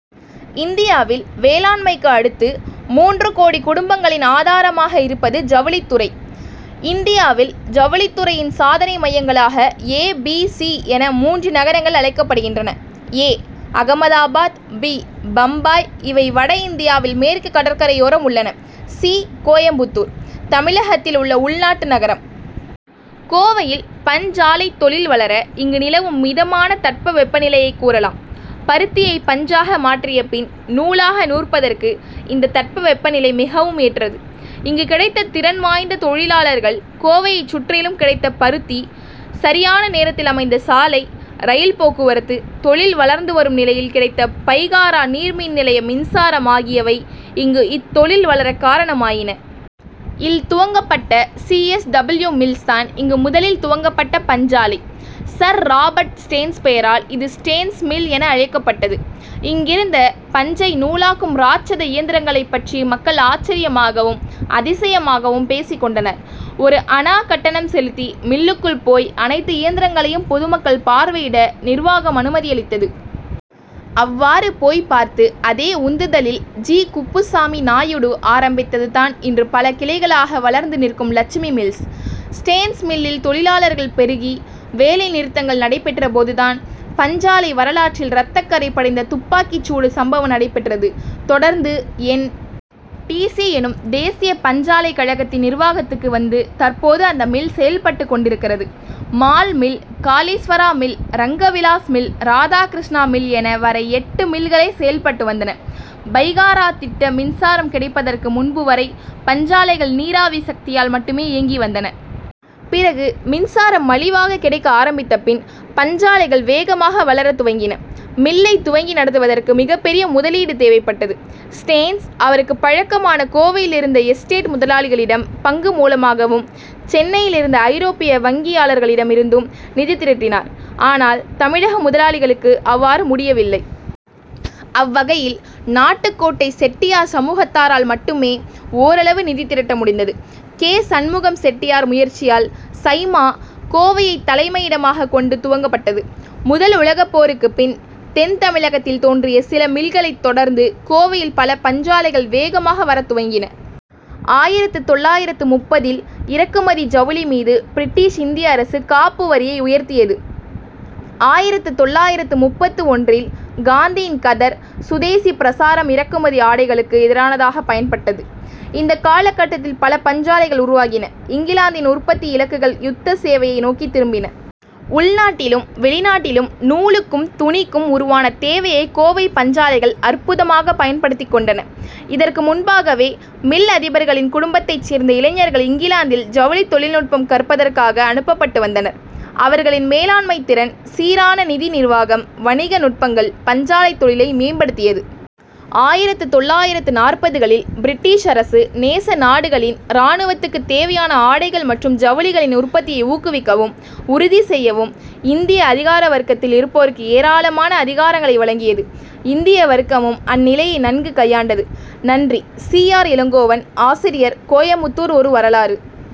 இந்தியாவில், வேளாண் மைக்கு அடுத்து, மூன்று கோடி குடும்பங்களின் ஆதாரமாக இருப்பது ஜவுளித்துறை. இந்தியாவில், ஜவுளித்துறையின் சாதனை மையங்களாக ஏ, பி, சி என மூன்று நகரங்கள் அழைக்கப்படுகின்றன. ஏ- அகமதாபாத், பி- பம்பாய் இவை வடஇந்தியாவில் மேற்கு கடற்கரையோரம் உள்ளன. சி- கோயமுத்தூர் தமிழகத்தில் உள்ள உள்நாட்டு நகரம். கோவையில் பஞ்சாலைத் தொழில் வளர, இங்கு நிலவும் மிதமான தட்பவெப்பநிலையைக் கூறலாம். பருத்தியை பஞ்சாக மாற்றியபின், நூலாக நூற்பதற்கு இந்த தட்பவெப்பநிலை மிகவும் ஏற்றது. இங்கு கிடைத்த திறன் வாய்ந்த தொழிலாளர்கள், கோவையைச் சுற்றிலும் கிடைத்த பருத்தி, சரியான நேரத்தில் அமைந்த சாலை, ரயில் போக்குவரத்து, தொழில் வளர்ந்துவரும் நிலையில் கிடைத்த பைகாரா நீர்மின்நிலைய மின்சாரம் ஆகியவை இங்கு இத்தொழில் வளர காரணமாயின. ல் துவங்கப்பட்ட சி. எஸ். டபிள்யூ மில்ஸ் தான் இங்கு முதலில் துவங்கப்பட்ட பஞ்சாலை. சர். ராபர்ட் ஸ்டேன்ஸ் பெயரால் இது ஸ்டேன்ஸ் மில் என அழைக்கப்பட்டது. இங்கிருந்த, பஞ்சை நூலாக்கும் ராட்சத இயந்திரங்களைப் பற்றி மக்கள் ஆச்சரியமாகவும், அதிசயமாகவும் பேசிக் கொண்டனர். ஒரு அணா கட்டணம் செலுத்தி மில்லுக்குள் போய் அனைத்து இயந்திரங்களையும் பொதுமக்கள் பார்வையிட நிர்வாகம் அனுமதியளித்தது. அவ்வாறு போய் பார்த்து, அதே உந்துதலில் ஜி. குப்புசாமி நாயுடு ஆரம்பித்ததுதான் இன்று பல கிளைகளாக வளர்ந்து நிற்கும் லட்சுமி மில்ஸ். ஸ்டேன்ஸ் மில்லில் தொழிலாளர்கள் பெருகி, வேலை நிறுத்தங்கள் நடைபெற்றபோது தான், பஞ்சாலை வரலாற்றில் ரத்தக்கறை படிந்த துப்பாக்கிச்சூடு சம்பவம் நடைபெற்றது. தொடர்ந்து, என். டி. சி எனும் தேசிய பஞ்சாலை கழகத்தின் நிர்வாகத்துக்கு வந்து, தற்போது அந்த மில் செயல் பட்டுக் கொண்டிருக்கிறது. மால் mill, Kaleeswara mill, Ranga Vilas mill, Radhakrishna mill என வரை எட்டு மில்களே செயல்பட்டு வந்தன. பைகாரா திட்ட மின்சாரம் கிடைப்பதற்கு முன்புவரை பஞ்சாலைகள் நீராவி சக்தியால் மட்டுமே இயங்கி வந்தன. பிறகு மின்சாரம் மலிவாக கிடைக்க ஆரம்பித்த பின் பஞ்சாலைகள் வேகமாக வளரத் துவங்கின. மில்லைத் துவங்கி நடத்துவதற்கு மிகப்பெரிய முதலீடு தேவைப்பட்டது. ஸ்டேன்ஸ், அவருக்குப் பழக்கமான கோவையிலிருந்த எஸ்டேட் முதலாளிகளிடம் பங்கு மூலமாகவும், சென்னையிலிருந்த ஐரோப்பிய வங்கியாளர்களிடமிருந்தும் நிதி திரட்டினார். ஆனால், தமிழக முதலாளிகளுக்கு அவ்வாறு முடியவில்லை. அவ்வகையில், நாட்டுக் கோட்டை செட்டியார் சமூகத்தாரால் மட்டுமே ஓரளவு நிதி திரட்ட முடிந்தது. கே. சண்முகம் செட்டியார் முயற்சியால் சைமா' கோவையைத் தலைமையிடமாகக் கொண்டு துவங்கப்பட்டது. முதல் உலகப் போருக்குப் பின், தென் தமிழகத்தில் தோன்றிய சில மில்களைத் தொடர்ந்து, கோவையில் பல பஞ்சாலைகள் வேகமாக வரத் துவங்கின. ஆயிரத்து தொள்ளாயிரத்து முப்பதில் இறக்குமதி ஜவுளி மீது பிரிட்டிஷ் இந்திய அரசு காப்பு வரியை உயர்த்தியது. ஆயிரத்து தொள்ளாயிரத்து முப்பத்து ஒன்றில் காந்தியின் கதர், சுதேசி பிரசாரம் இறக்குமதி ஆடைகளுக்கு எதிரானதாகப் பயன்பட்டது. இந்த காலகட்டத்தில் பல பஞ்சாலைகள் உருவாகின. இங்கிலாந்தின் உற்பத்தி இலக்குகள் யுத்த சேவையை நோக்கித் திரும்பின. உள்நாட்டிலும் வெளிநாட்டிலும் நூலுக்கும், துணிக்கும் உருவான தேவையை கோவை பஞ்சாலைகள் அற்புதமாக பயன்படுத்திக் கொண்டன. இதற்கு முன்பாகவே, மில் அதிபர்களின் குடும்பத்தைச் சேர்ந்த இளைஞர்கள் இங்கிலாந்தில் ஜவுளித் தொழில்நுட்பம் கற்பதற்காக அனுப்பப்பட்டு வந்தனர். அவர்களின் மேலாண்மைத் திறன், சீரான நிதி நிர்வாகம், வணிக நுட்பங்கள் பஞ்சாலைத் தொழிலை மேம்படுத்தியது. ஆயிரத்து தொள்ளாயிரத்து நாற்பதுகளில், பிரிட்டிஷ் அரசு, நேச நாடுகளின் ராணுவத்துக்கு தேவையான ஆடைகள் மற்றும் ஜவுளிகளின் உற்பத்தியை ஊக்குவிக்கவும் உறுதி செய்யவும் இந்திய அதிகாரவர்க்கத்தில் இருப்போருக்கு ஏராளமான அதிகாரங்களை வழங்கியது. இந்திய வர்க்கமும் அந்நிலையை நன்கு கையாண்டது. நன்றி சி. ஆர். இளங்கோவன், ஆசிரியர், கோயமுத்தூர் ஒரு வரலாறு.